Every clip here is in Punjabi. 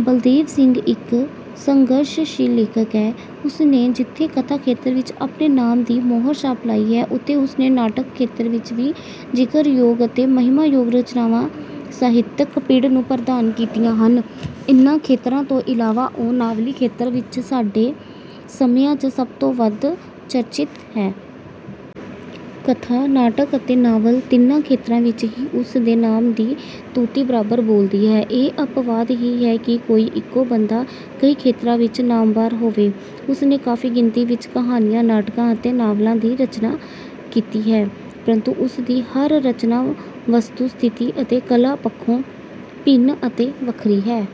ਬਲਦੇਵ ਸਿੰਘ ਇੱਕ ਸੰਘਰਸ਼ਸ਼ੀਲ ਲੇਖਕ ਹੈ। ਉਸ ਨੇ ਜਿੱਥੇ ਕਥਾ-ਖੇਤਰ ਵਿੱਚ ਆਪਣੇ ਨਾਮ ਦੀ ਮੋਹਰਛਾਪ ਲਾਈ ਹੈ, ਉੱਥੇ ਉਸ ਨੇ ਨਾਟਕ-ਖੇਤਰ ਵਿੱਚ ਵੀ ਜ਼ਿਕਰਯੋਗ ਅਤੇ ਮਹਿਮਾਯੋਗ ਰਚਨਾਵਾਂ ਸਾਹਿਤਕ-ਪਿੜ ਨੂੰ ਪ੍ਰਦਾਨ ਕੀਤੀਆਂ ਹਨ। ਇਨ੍ਹਾਂ ਖੇਤਰਾਂ ਤੋਂ ਇਲਾਵਾ ਉਹ ਨਾਵਲੀ-ਖੇਤਰ ਵਿੱਚ ਸਾਡੇ ਸਮਿਆਂ 'ਚ ਸਭ ਤੋਂ ਵੱਧ ਚਰਚਿਤ ਹੈ। ਕਥਾ, ਨਾਟਕ ਅਤੇ ਨਾਵਲ ਤਿੰਨਾਂ ਖੇਤਰਾਂ ਵਿੱਚ ਹੀ ਉਸ ਦੇ ਨਾਮ ਦੀ ਤੂਤੀ ਬਰਾਬਰ ਬੋਲਦੀ ਹੈ। ਇਹ ਅਪਵਾਦ ਹੀ ਹੈ ਕਿ ਕੋਈ ਇੱਕੋ ਬੰਦਾ ਕਈ ਖੇਤਰਾਂ ਵਿੱਚ ਨਾਮਵਰ ਹੋਵੇ। ਉਸ ਨੇ ਕਾਫੀ ਗਿਣਤੀ ਵਿੱਚ ਕਹਾਣੀਆਂ, ਨਾਟਕਾਂ ਅਤੇ ਨਾਵਲਾਂ ਦੀ ਰਚਨਾ ਕੀਤੀ ਹੈ, ਪ੍ਰੰਤੂ ਉਸ ਦੀ ਹਰ ਰਚਨਾ ਵਸਤੂ-ਸਥਿਤੀ ਅਤੇ ਕਲਾ ਪੱਖੋਂ ਭਿੰਨ ਅਤੇ ਵੱਖਰੀ ਹੈ।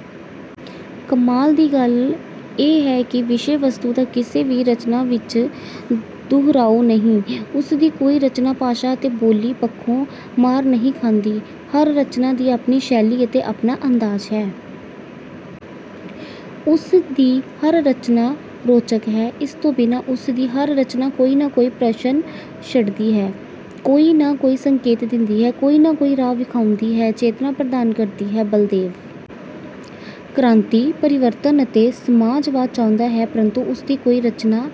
ਕਮਾਲ ਦੀ ਗੱਲ ਇਹ ਹੈ ਕਿ ਵਿਸ਼ੇ-ਵਸਤੂ ਦਾ ਕਿਸੇ ਵੀ ਰਚਨਾ ਵਿੱਚ ਦੁਹਰਾਓ ਨਹੀਂ। ਉਸ ਦੀ ਕੋਈ ਰਚਨਾ ਭਾਸ਼ਾ ਅਤੇ ਬੋਲੀ ਪੱਖੋਂ ਮਾਰ ਨਹੀਂ ਖਾਂਦੀ। ਹਰ ਰਚਨਾ ਦੀ ਆਪਣੀ ਸ਼ੈਲੀ ਅਤੇ ਆਪਣਾ ਅੰਦਾਜ਼ ਹੈ। ਉਸ ਦੀ ਹਰ ਰਚਨਾ ਰੌਚਕ ਹੈ, ਇਸ ਤੋਂ ਬਿਨਾਂ ਉਸ ਦੀ ਹਰ ਰਚਨਾ ਕੋਈ ਨਾ ਕੋਈ ਪ੍ਰਸ਼ਨ ਛੱਡਦੀ ਹੈ, ਕੋਈ ਨਾ ਕੋਈ ਸੰਕੇਤ ਦਿੰਦੀ ਹੈ, ਕੋਈ ਨਾ ਕੋਈ ਰਾਹ ਵਿਖਾਉਂਦੀ ਹੈ, ਚੇਤਨਾ ਪ੍ਰਦਾਨ ਕਰਦੀ ਹੈ। ਬਲਦੇਵ ਕ੍ਰਾਂਤੀ, ਪਰਿਵਰਤਨ ਅਤੇ ਸਮਾਜਵਾਦ ਚਾਹੁੰਦਾ ਹੈ, ਪ੍ਰੰਤੂ ਉਸ ਦੀ ਕੋਈ ਰਚਨਾ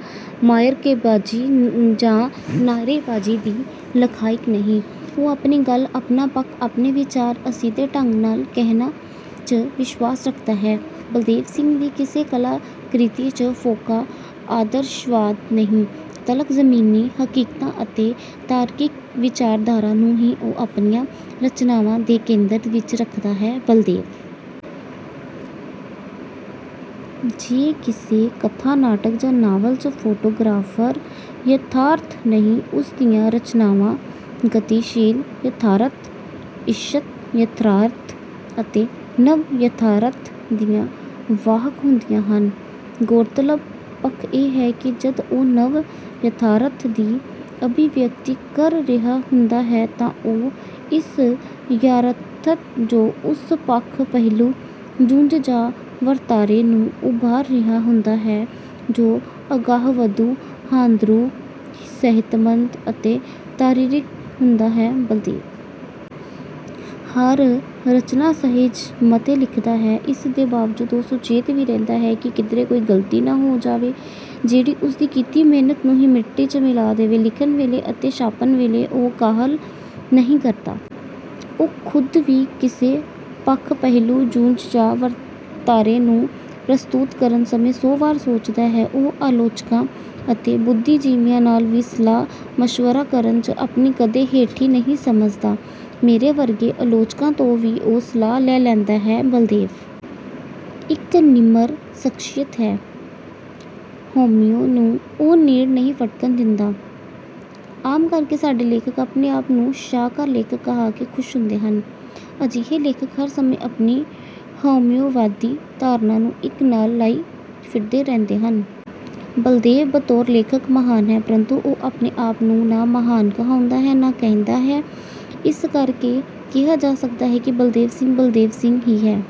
ਮਾਅਰਕੇਬਾਜ਼ੀ ਜਾਂ ਨਾਅਰੇਬਾਜ਼ੀ ਦੀ ਲਖ਼ਾਇਕ ਨਹੀਂ। ਉਹ ਆਪਣੀ ਗੱਲ, ਆਪਣਾ ਪੱਖ, ਆਪਣੇ ਵਿਚਾਰ ਅਸਿੱਧੇ ਢੰਗ ਨਾਲ ਕਹਿਣ 'ਚ ਵਿਸ਼ਵਾਸ ਰੱਖਦਾ ਹੈ। ਬਲਦੇਵ ਸਿੰਘ ਦੀ ਕਿਸੇ ਕਲਾ-ਕ੍ਰਿਤੀ 'ਚ ਫੋਕਾ ਆਦਰਸ਼ਵਾਦ ਨਹੀਂ, ਤਲਖ਼ ਜ਼ਮੀਨੀ ਹਕੀਕਤਾਂ ਅਤੇ ਤਾਰਕਿਕ ਵਿਚਾਰਧਾਰਾ ਨੂੰ ਹੀ ਉਹ ਆਪਣੀਆਂ ਰਚਨਾਵਾਂ ਦੇ ਕੇਂਦਰ ਵਿੱਚ ਰੱਖਦਾ ਹੈ। ਬਲਦੇਵ ਜੇ ਕਿਸੇ ਕਥਾ, ਨਾਟਕ ਜਾਂ ਨਾਵਲ 'ਚ ਫੋਟੋਗ੍ਰਾਫਕ ਯਥਾਰਥ ਨਹੀਂ, ਉਸ ਦੀਆਂ ਰਚਨਾਵਾਂ ਗਤੀਸ਼ੀਲ-ਯਥਾਰਥ, ਇੱਛਤ-ਯਥਾਰਥ ਅਤੇ ਨਵ-ਯਥਾਰਥ ਦੀਆਂ ਵਾਹਕ ਹੁੰਦੀਆਂ ਹਨ। ਗ਼ੌਰਤਲਬ ਪੱਖ ਇਹ ਹੈ ਕਿ ਜਦ ਉਹ ਨਵ-ਯਥਾਰਥ ਦੀ ਅਭਿਵਿਅਕਤੀ ਕਰ ਰਿਹਾ ਹੁੰਦਾ ਹੈ ਤਾਂ ਉਹ ਇਸ ਯਥਾਰਥ 'ਚੋਂ ਉਸ ਪੱਖ, ਪਹਿਲੂ, ਜੁਜ਼ ਜਾਂ ਵਰਤਾਰੇ ਨੂੰ ਉਭਾਰ ਰਿਹਾ ਹੁੰਦਾ ਹੈ, ਜੋ ਅਗਾਂਹਵਧੂ, ਹਾਂਦਰੂ, ਸਿਹਤਮੰਦ ਅਤੇ ਤਾਰਕਿਕ ਹੁੰਦਾ ਹੈ। ਬਲਦੇਵ ਹਰ ਰਚਨਾ ਸਹਿਜ-ਮਤੇ ਲਿਖਦਾ ਹੈ, ਇਸ ਦੇ ਬਾਵਜੂਦ ਉਹ ਸੁਚੇਤ ਵੀ ਰਹਿੰਦਾ ਹੈ ਕਿ ਕਿਧਰੇ ਕੋਈ ਗ਼ਲਤੀ ਨਾ ਹੋ ਜਾਵੇ, ਜਿਹੜੀ ਉਸ ਦੀ ਕੀਤੀ ਮਿਹਨਤ ਨੂੰ ਹੀ ਮਿੱਟੀ 'ਚ ਮਿਲਾ ਦੇਵੇ। ਲਿਖਣ ਵੇਲੇ ਅਤੇ ਛਾਪਣ ਵੇਲੇ ਉਹ ਕਾਹਲ ਨਹੀਂ ਕਰਦਾ। ਉਹ ਖ਼ੁਦ ਵੀ ਕਿਸੇ ਪੱਖ, ਪਹਿਲੂ, ਜੁਜ਼ ਜਾਂ ਵਰਤਾਰੇ ਨੂੰ ਪ੍ਰਸਤੁਤ ਕਰਨ ਸਮੇਂ ਸੌ ਵਾਰ ਸੋਚਦਾ ਹੈ। ਉਹ ਆਲੋਚਕਾਂ ਅਤੇ ਬੁੱਧੀਜੀਵੀਆਂ ਨਾਲ ਵੀ ਸਲਾਹ-ਮਸ਼ਵਰਾ ਕਰਨ 'ਚ ਆਪਣੀ ਕਦੇ ਹੇਠੀ ਨਹੀਂ ਸਮਝਦਾ। ਮੇਰੇ ਵਰਗੇ ਆਲੋਚਕਾਂ ਤੋਂ ਵੀ ਉਹ ਸਲਾਹ ਲੈ ਲੈਂਦਾ ਹੈ। ਬਲਦੇਵ ਇੱਕ ਨਿਮਰ ਸ਼ਖ਼ਸੀਅਤ ਹੈ। ਹਉਮੈ ਨੂੰ ਉਹ ਨੇੜ ਨਹੀਂ ਫ਼ਟਕਣ ਦਿੰਦਾ। ਆਮ ਕਰ ਕੇ ਸਾਡੇ ਲੇਖਕ ਆਪਣੇ ਆਪ ਨੂੰ ਸ਼ਾਹਕਾਰ ਲੇਖਕ ਕਹਾ ਕੇ ਖੁਸ਼ ਹੁੰਦੇ ਹਨ। ਅਜਿਹੇ ਲੇਖਕ ਹਰ ਸਮੇਂ ਆਪਣੀ ਹਉਮੈਵਾਦੀ ਧਾਰਨਾ ਨੂੰ ਹਿੱਕ ਨਾਲ ਲਾਈ ਫਿਰਦੇ ਰਹਿੰਦੇ ਹਨ। ਬਲਦੇਵ ਬਤੌਰ ਲੇਖਕ ਮਹਾਨ ਹੈ, ਪ੍ਰੰਤੂ ਉਹ ਆਪਣੇ ਆਪ ਨੂੰ ਨਾ ਮਹਾਨ ਕਹਾਉਂਦਾ ਹੈ, ਨਾ ਕਹਿੰਦਾ ਹੈ। ਇਸ ਕਰ ਕੇ ਕਿਹਾ ਜਾ ਸਕਦਾ ਹੈ ਕਿ ਬਲਦੇਵ ਸਿੰਘ 'ਬਲਦੇਵ ਸਿੰਘ' ਹੀ ਹੈ।